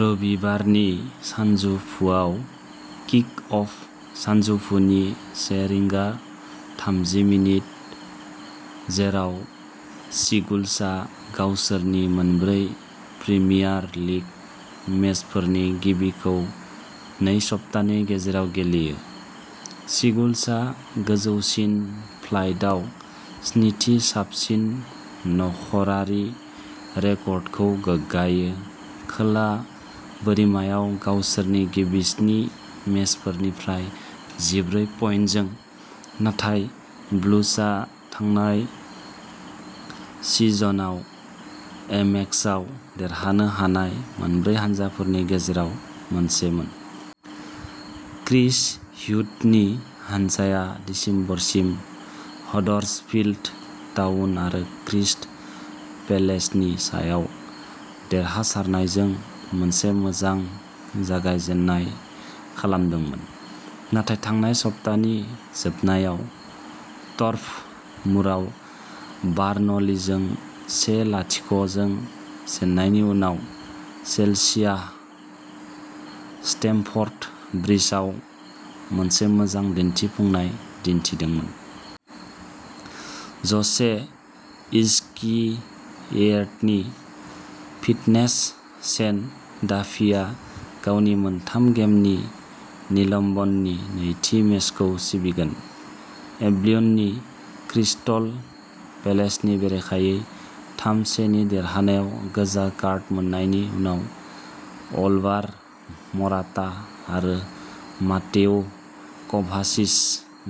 रबिबारनि सानजौफुआव kick off सानजौफुनि से रिंगा थाम्जि मिनिथ, जेराव सिगुल्सआ गावसोरनि मोनब्रै प्रिमियार लिग मेचफोरनि गिबिखौ नै सप्तानि गेजेराव गेलेयो। सिगुल्सआ गोजौसिन फ्लाइटआव स्निथि साबसिन न'खरारि रेकर्डखौ गोगगायो, खोला बोरिमायाव गावसोरनि गिबि स्नि मेचफोरनिफ्राय जिब्रै पइन्टजों, नाथाय ब्लुजआ थांनाय सिजनआव एमेक्सआव देरहानो हानाय मोनब्रै हानजाफोरनि गेजेराव मोनसेमोन। क्रिस ह्यूटननि हानजाया दिसेम्बरसिम हडर्सफील्ड टाउन आरो क्रिस्टल पेलेसनि सायाव देरहासारनायजों मोनसे मोजां जागायजेन्नाय खालामदोंमोन। नाथाय थांनाय सप्तानि जोबनायाव टर्फ मुरआव बार्नलीजों से लाथिख जों जेन्नायनि उनाव चेल्सिया स्टेमफर्ड ब्रिजआव मोनसे मोजां दिन्थिफुंनाय दिन्थिदोंमोन। ज'से इजक्विएर्ड'नि फिटनेस शेन डाफीआ गावनि मोनथाम गेमनि निलम्बननि नैथि मेचखौ सिबिगोन। एल्बियननि क्रिस्टल पेलेसनि बेरेखायै थाम से नि देरहानायाव गोजा कार्ड मोननायनि उनाव अलवार मराटा आरो मातेओ क'भाचिच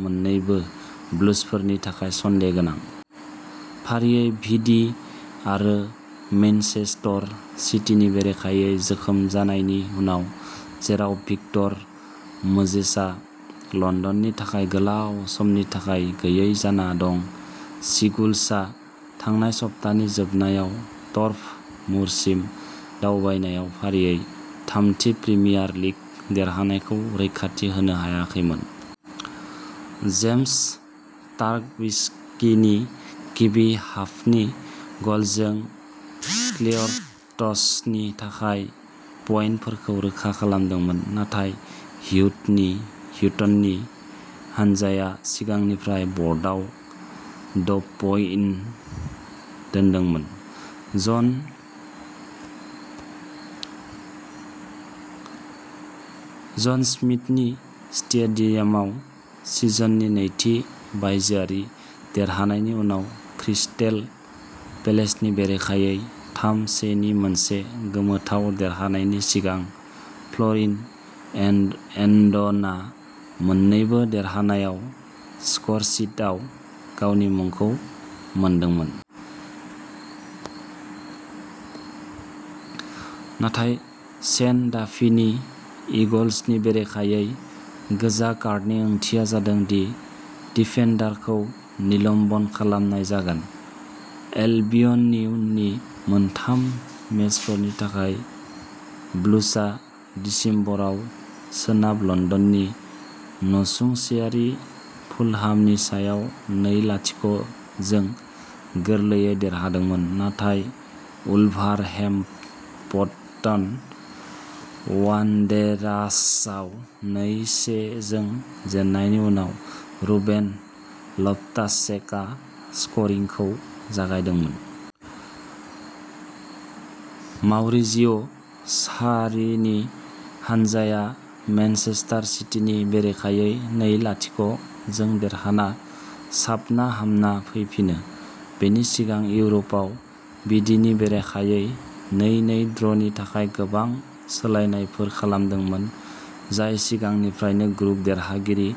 मोन्नैबो ब्लुजफोरनि थाखाय सन्देह गोनां। फारियै भिडी आरो मैनचेस्टर सिटीनि बेरेखायै जोखोम जानायनि उनाव जेराव भिक्टर मोजेसआ लन्दननि थाखाय गोलाव समनि थाखाय गैयै जाना दं। सिगुल्सआ थांनाय सप्तानि जोबनायाव टर्फ मुरसिम दावबायनायाव फारियै थामथि प्रिमियार लीग देरहानायखौ रैखाथि होनो हायाखैमोन। जेम्स टार्कवस्कीनि गिबि हाफनि गलजों क्लेयरट्सनि थाखाय पइन्टफोरखौ रोखा खालामदोंमोन। नाथाय ह्यूटननि हानजाया सिगांनिफ्राय ब'र्डआव द'पइन्ट दोनदोंमोन। जन स्मिथनि स्टेडियामाव सिजननि नैथि बायजोआरि देरहानायनि उनाव क्रिस्टेल पेलेसनि बेरेखायै थाम से नि मोनसे गोमोथाव देरहानायनि सिगां फ्ल'रिन एन्ड'नआ मोन्नैबो देरहानायाव स्करशीटआव गावनि मुंखौ मोनदोंमोन। नाथाय शेन डाफीनि ईगल्सनि बेरेखायै गोजा कार्डनि ओंथिया जादों दि डिफेन्डारखौ निलम्ब'न खालामनाय जागोन। एल्बियननि उननि मोनथाम मेचफोरनि थाखाय ब्लुजआ दिसेम्बराव सोनाब लन्दननि नसुंसेयारि फुलहामनि सायाव नै लाथिख जों गोरलैयै देरहादोंमोन। नाथाय उलभारहेम्पटन वान्डेरार्सआव नै से जों जेननायनि उनाव रुबेन लफ्टास-चेकआ स्करिंखौ जागायदोंमोन। माउरिजियो सार्रीनि हानजाया मेनचेस्टार सिटीनि बेरेखायै नै लाथिख जों देरहाना साबना हामना फैफिनो। बेनि सिगां इउर'पआव विडीनि बेरेखायै नै नै ड्र'नि थाखाय गोबां सोलायनायफोर खालामदोंमोन। जाय सिगांनिफ्रायनो ग्रुप देरहागिरि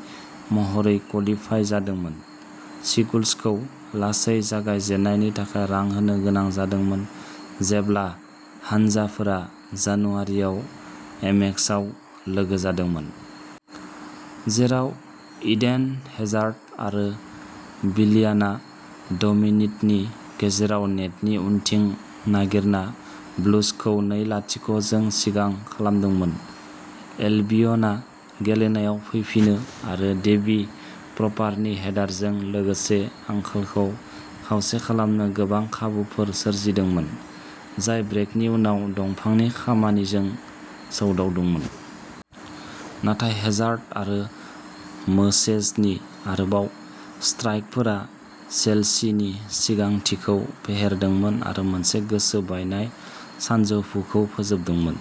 महरै कलिफाय जादोंमोन। सिगुल्सखौ लासै जागायजेन्नायनि थाखाय रां होनो गोनां जादोंमोन जेब्ला हानजाफोरा जानुवारिआव एमेक्सआव लोगो जादोंमोन। जेराव इडेन हेजार्ड आरो विलियानआ द'मिनिटनि गेजेराव नेटनि उनथिं नागिरना ब्लुजखौ नै लाथिख जों सिगां खालामदोंमोन। एल्बियनआ गेलेनायाव फैफिनो आरो डेवी प्रपारनि हेडारजों लोगोसे आंखालखौ खावसे खालामनो गोबां खाबुफोर सोरजिदोंमोन। जाय ब्रेकनि उनाव दंफांनि खामानिजों सौदावदोंमोन। नाथाय हेजार्ड आरो मोजेसनि आरोबाव स्ट्राइकफोरा चेल्सीनि सिगांथिखौ फेहेरदोंमोन आरो मोनसे गोसो बायनाय सानजौफुखौ फोजोबदोंमोन।